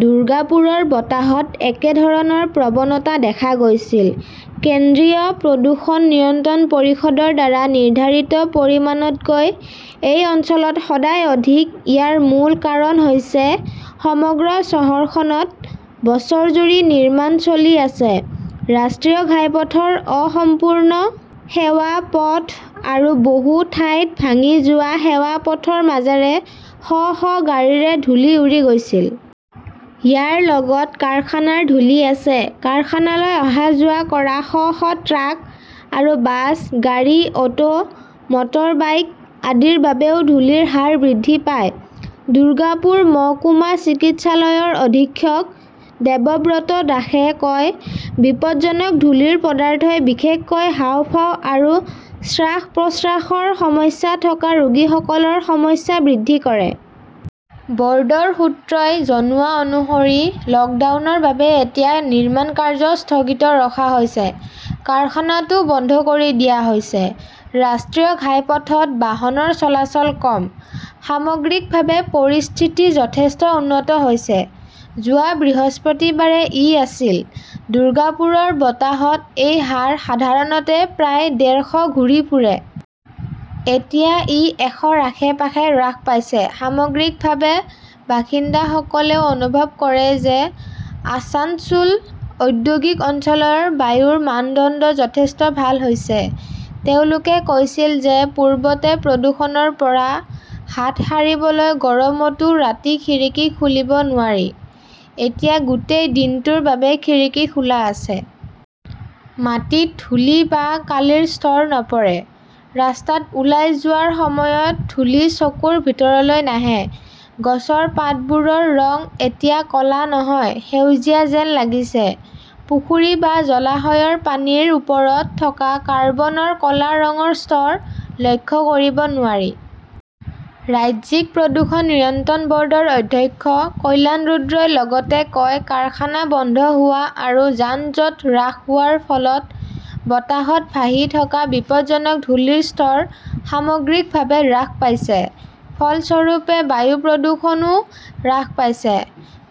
দুৰ্গাপুৰৰ বতাহত একে ধৰণৰ প্ৰৱণতা দেখা গৈছিল। কেন্দ্ৰীয় প্ৰদূষণ নিয়ন্ত্ৰণ পৰিষদৰ দ্বাৰা নিৰ্ধাৰিত পৰিমাণতকৈ এই অঞ্চলত সদায় অধিক, ইয়াৰ মূল কাৰণ হৈছে সমগ্ৰ চহৰখনত বছৰজুৰি নিৰ্মাণ চলি আছে। ৰাষ্ট্ৰীয় ঘাইপথৰ 'অসম্পূৰ্ণ' সেৱা পথ আৰু বহু ঠাইত ভাঙি যোৱা সেৱা পথৰ মাজেৰে শ শ গাড়ীৰে ধূলি উৰি গৈছিল। ইয়াৰ লগত কাৰখানাৰ ধূলি আছে। কাৰখানালৈ অহা-যোৱা কৰা শ শ ট্ৰাক আৰু বাছ, গাড়ী, অটো, মটৰবাইক আদিৰ বাবেও ধূলিৰ হাৰ বৃদ্ধি পায়। দুৰ্গাপুৰ মহকুমা চিকিৎসালয়ৰ অধীক্ষক দেবব্ৰত দাসে কয়, বিপদজনক ধূলিৰ পদাৰ্থই বিশেষকৈ হাঁওফাঁও আৰু শ্বাস-প্ৰশ্বাসৰ সমস্যা থকা ৰোগীসকলৰ সমস্যা বৃদ্ধি কৰে। বৰ্ডৰ সূত্ৰই জনোৱা অনুসৰি লকডাউনৰ বাবে এতিয়া নিৰ্মাণ কাৰ্য স্থগিত ৰখা হৈছে। কাৰখানাটো বন্ধ কৰি দিয়া হৈছে। ৰাষ্ট্ৰীয় ঘাইপথত বাহনৰ চলাচল কম। সামগ্ৰিকভাৱে, পৰিস্থিতি যথেষ্ট উন্নত হৈছে। যোৱা বৃহস্পতিবাৰে ই আছিল। দুৰ্গাপুৰৰ বতাহত এই হাৰ সাধাৰণতে প্ৰায় ডেৰ শ ঘূৰি ফুৰে। এতিয়া ই এশৰ আশে-পাশে হ্ৰাস পাইছে। সামগ্ৰিকভাৱে, বাসিন্দাসকলেও অনুভৱ কৰে যে আছানছোল ঔদ্যোগিক অঞ্চলৰ বায়ুৰ মানদণ্ড যথেষ্ট ভাল হৈছে। তেওঁলোকে কৈছিল যে পূৰ্বতে প্ৰদূষণৰ পৰা হাত সাৰিবলৈ গৰমতও ৰাতি খিৰিকী খুলিব নোৱাৰি। এতিয়া গোটেই দিনটোৰ বাবে খিৰিকী খোলা আছে। মাটিত ধূলি বা কালিৰ স্তৰ নপৰে। ৰাস্তাত ওলাই যোৱাৰ সময়ত ধূলি চকুৰ ভিতৰলৈ নাহে। গছৰ পাতবোৰৰ ৰং এতিয়া ক'লা নহয়, সেউজীয়া যেন লাগিছে। পুখুৰী বা জলাশয়ৰ পানীৰ ওপৰত থকা কাৰ্বনৰ ক'লা ৰঙৰ স্তৰ লক্ষ্য কৰিব নোৱাৰি। ৰাজ্যিক প্ৰদূষণ নিয়ন্ত্ৰণ বৰ্ডৰ অধ্যক্ষ কল্যাণ ৰুদ্ৰই লগতে কয়, কাৰখানা বন্ধ হোৱা আৰু যান-জঁট হ্ৰাস হোৱাৰ ফলত বতাহত ভাহি থকা বিপদজনক ধূলিৰ স্তৰ সামগ্ৰিকভাৱে হ্ৰাস পাইছে। ফলস্বৰূপে, বায়ু প্ৰদূষণও হ্ৰাস পাইছে।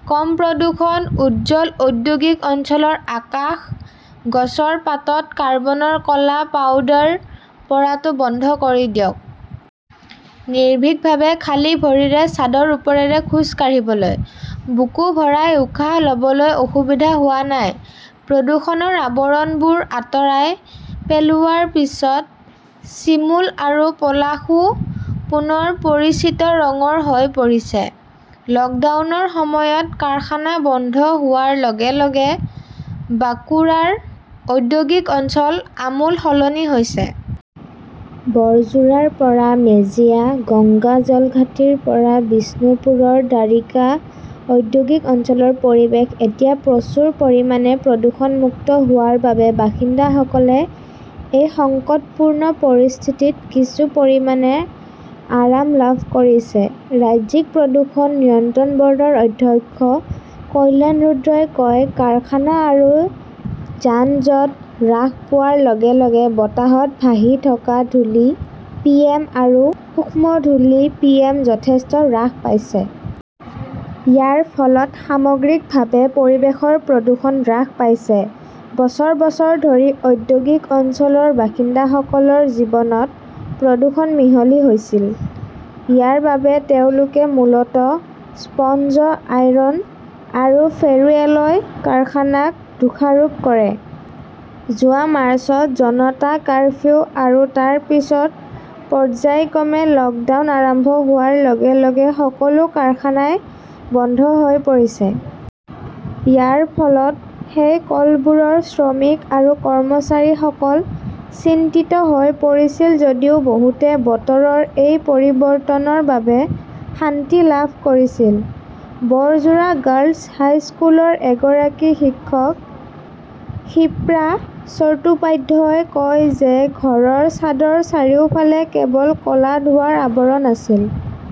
কম প্ৰদূষণ, উজ্জ্বল ঔদ্যোগিক অঞ্চলৰ আকাশ গছৰ পাতত কৰ্বনৰ ক'লা পাউডাৰ পৰাটো বন্ধ কৰি দিয়ক। নিৰ্ভীকভাৱে খালী ভৰিৰে ছাদৰ ওপৰেৰে খোজ কাঢ়িবলৈ। বুকু ভৰাই উশাহ লবলৈ অসুবিধা হোৱা নাই। প্ৰদূষণৰ আৱৰণবোৰ আঁতৰাই পেলোৱাৰ পিছত চিমুল আৰু পলাশও পুনৰ পৰিচিত ৰঙৰ হৈ পৰিছে। লকডাউনৰ সময়ত কাৰখানা বন্ধ হোৱাৰ লগে লগে বাঁকুৰাৰ ঔদ্যোগিক অঞ্চল আমূল সলনি হৈছে। বৰজোৰাৰ পৰা মেজিয়া, গংগা জলঘাটিৰ পৰা বিষ্ণুপুৰৰ দ্বাৰিকা ঔদ্যোগিক অঞ্চলৰ পৰিৱেশ এতিয়া প্ৰচুৰ পৰিমাণে প্ৰদূষণমুক্ত হোৱাৰ বাবে বাসিন্দাসকলে এই সংকটপূৰ্ণ পৰিস্থিতিত কিছু পৰিমাণে আৰাম লাভ কৰিছে। ৰাজ্যিক প্ৰদূষণ নিয়ন্ত্ৰণ বৰ্ডৰ অধ্যক্ষ কল্যাণ ৰুদ্ৰই কয়, কাৰখানা আৰু যান-জঁট হ্ৰাস পোৱাৰ লগে লগে বতাহত ভাহি থকা ধূলি পিএম আৰু সূক্ষ্ম ধূলি পিএম যথেষ্ট হ্ৰাস পাইছে। ইয়াৰ ফলত সামগ্ৰিকভাৱে পৰিৱেশৰ প্ৰদূষণ হ্ৰাস পাইছে। বছৰ-বছৰ ধৰি ঔদ্যোগিক অঞ্চলৰ বাসিন্দাসকলৰ জীৱনত প্ৰদূষণ মিহলি হৈছিল। ইয়াৰ বাবে তেওঁলোকে মূলতঃ স্পঞ্জ আইৰণ আৰু ফেৰো এলয় কাৰখানাক দোষাৰোপ কৰে। যোৱা মাৰ্চত জনতা কাৰফিউ আৰু তাৰ পিছত পৰ্য্যায়ক্ৰমে 'লকডাউন আৰম্ভ হোৱাৰ লগে-লগে সকলো কাৰখানাই বন্ধ হৈ পৰিছে। ইয়াৰ ফলত সেই কলবোৰৰ শ্ৰমিক আৰু কৰ্মচাৰীসকল চিন্তিত হৈ পৰিছিল যদিও বহুতে বতৰৰ এই পৰিৱৰ্তনৰ বাবে শান্তি লাভ কৰিছিল। বৰজোৰা গাৰ্লছ হাইস্কুলৰ এগৰাকী শিক্ষক শিপ্ৰা চট্টোপাধ্যায়ই কয় যে ঘৰৰ ছাদৰ চাৰিওফালে কেৱল ক 'লা ধোঁৱাৰ আৱৰণ আছিল।